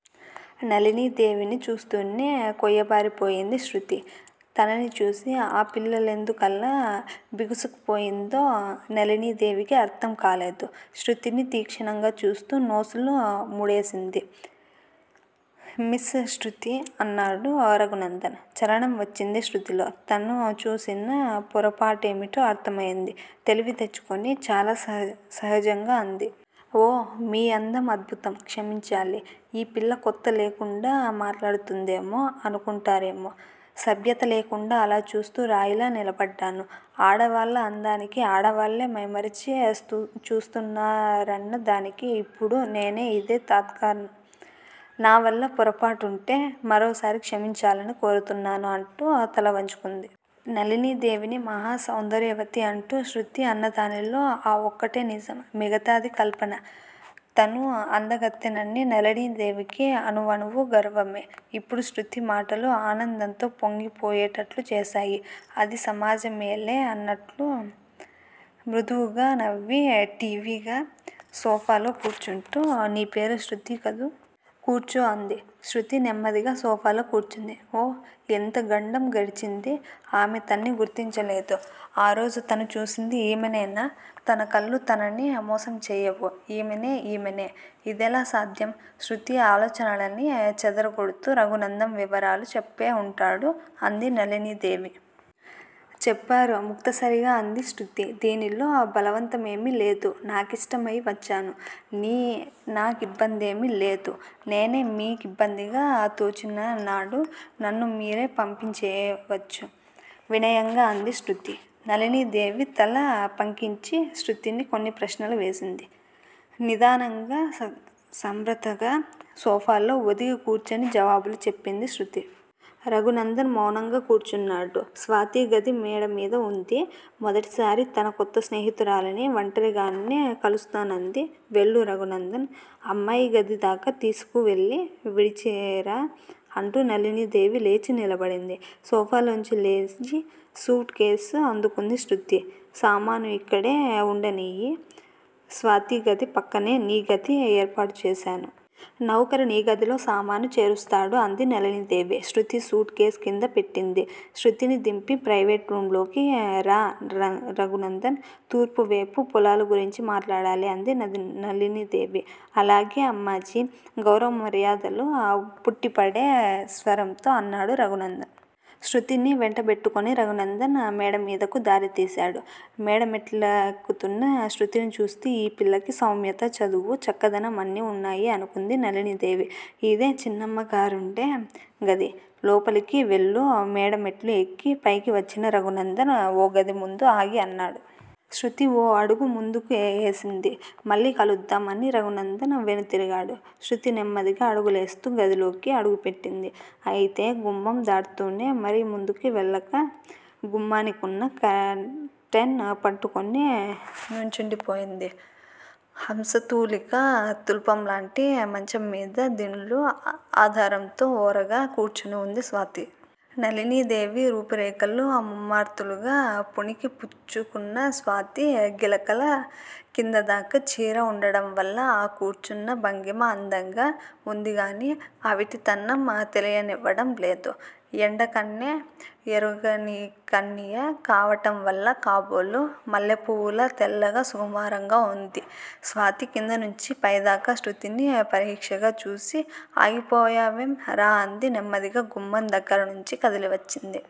నళినీదేవిని చూస్తూనే కొయ్యబారిపోయింది శృతి. తనని చూసి ఆ పిల్లెందుకలా బిగుసుపోయిందో నళినీదేవికి అర్థం కాలేదు. శృతిని తీక్షణంగా చూస్తూ నొసలు ముడేసింది. మిస్ శృతీ! అన్నాడు రఘునందన్. చలనం వచ్చింది శృతిలో తను చేసిన పొరపాటేమిటో అర్థమయింది. తెలివి తెచ్చుకొని చాలా సహజంగా అంది. ఓహ్. మీ అందం అద్భుతం, క్షమించాలి. ఈ పిల్ల కొత్త లేకుండా మాట్లాడుతుందేమా అనుకుంటారేమో. సభ్యత లేకుండా అలా చూస్తూ రాయిలా నిలబడ్డాను. ఆడవాళ్ళ అందానికి ఆడవాళ్ళే మైమమరచి చూస్తారన్నదానికి ఇప్పుడు నేనే ఇదే తార్కాణం. నావల్ల పొరపాటుంటే మరోసారి క్షమించాలని కోరుతున్నాను. అంటూ తలవంచుకుంది. నళినీదేవి మహాసౌందర్యవతి అంటూ శృతి అన్నదానిలో ఆ ఒక్కటే నిజం, మిగతాది కల్పన. తను అందగత్తెనని నళినీదేవికి అణువణువూ గర్వమే. ఇప్పుడు శృతి మాటలు ఆనందంతో పొంగి పోయేటట్లు చేశాయి. అది సమాజమేలే అన్నట్లు మృదువుగా నవ్వి ఠీవిగా సోఫాలో కూర్చుంటూ నీ పేరు శృతి కదూ! కూర్చో అంది. శృతి నెమ్మదిగా సోఫాలో కూర్చుంది. ఓహ్. ఎంత గండం గడిచింది! ఆమె తన్ని గుర్తించలేదు. ఆరోజు తను చూసింది ఈమెనేనా? తన కళ్ళు తనని మోసం చెయ్యవు ఈమెనే ఈమెనే ఇదెలా సాధ్యం? శృతి ఆలోచనలని చెదరగొడుతూ రఘునందన్ వివరాలు చెప్పే వుంటాడు, అంది నళినీదేవి. చెప్పారు ముక్తసరిగా అంది శృతి. దీనిలో బలవంతమేమీ లేదు. నా కిష్టమయి వచ్చాను. నా కిబ్బందేమీ లేదు. నేనే మీ కిబ్బందిగా తోచిననాడు నన్ను మీరు పంపించేయవచ్చు, వినయంగా అంది శృతి. నళినీదేవి తల పంకించి శృతిని కొన్ని ప్రశ్నలు వేసింది. నిదానంగా సమ్రతగా సోఫాలో ఒదిగి కూర్చుని జవాబులు చెప్పింది శృతి. రఘునందన్ మౌనంగా కూర్చున్నాడు. స్వాతిగది మేడమీద వుంది. మొదటిసారి తన కొత్త స్నేహితురాలిని వంటరిగానే కలుస్తానంది, వెళ్ళు రఘు నందన్! అమ్మాయి గదిదాకా తీసుకువెళ్ళి విడిచిరా అంటూ నళినీదేవి లేచి నిలబడింది. సోఫాలోంచి లేచి సూట్ కేసు అందుకుంది శృతి. సామాను ఇక్కడే వుండనియ్యి. స్వాతిగది పక్కనే నీ గది ఏర్పాటు చేశాను. నౌకరు నీ గదిలో సామాను చేరుస్తాడు అంది నళినీదేవి. శృతి సూట్ కేసు కింద పెట్టింది. శృతిని దింపి ప్రయివేట్ రూమ్ లోకి ర రఘునందన్! తూర్పువేపు పొలాల గురించి మాట్లాడాలి అంది నళినీదేవి. అలాగే అమ్మాజీ! గౌరవ మర్యాదలు పుట్టిపడే స్వరంతో అన్నాడు రఘునందన్. శృతిని వెంటబెట్టుకుని రఘునందన్ మేడమీదకు దారి తీశాడు. మేడమెట్లెక్కుతున్న శృతిని చూస్తూ ఈ పిల్లకి సౌమ్యత, చదువు. చక్కదనం అన్నీ వున్నాయి అనుకుంది నళినీదేవి. ఇదే చిన్నమ్మగారుండే గది. లోపలికి వెళ్ళు మేడ మెట్లు ఎక్కి పైకి వచ్చిన రఘునందన్ ఓగది ముందు ఆగి అన్నాడు. శృతి ఓ అడుగు ముందు కేసింది. మళ్ళీ కలుద్దాం. అని రఘునందన్ వెనుతిరిగాడు. శృతి నెమ్మదిగా అడుగులేస్తూ గదిలో అడుగుపెట్టింది. అయితే గుమ్మం దాటుతూనే మరి ముందుకి వెళ్ళక గుమ్మానికున్న కర్టెన్ పట్టుకు నుంచుండిపోయింది. హంసతూలికా తల్పంలాంటి మంచంమీద దిండ్లు ఆధారంతో ఓరగా కూర్చుని వుంది స్వాతి. నళినీ దేవి రూపురేఖలు మమ్మర్తులగా పుణికి పుచ్చుకున్న స్వాతి గిలకల కిందదాకా చీర వుండటంవల్ల ఆ కూర్చున్న భంగిమ అందంగా వుందిగాని అవిటితనం తెలియనివ్వటంలేదు. ఎండకన్నె ఎరుగనికన్నియ కావటంవల్ల కాబోలు మల్లెపువ్వులా తెల్లగా సుకుమారంగా వుంది. స్వాతి కిందనుంచీ పైదాకా శృతిని పరీక్షగా చూసి ఆగిపోయావేం, రా! అంది. నెమ్మదిగా గుమ్మం దగ్గరనుంచి కదిలివచ్చింది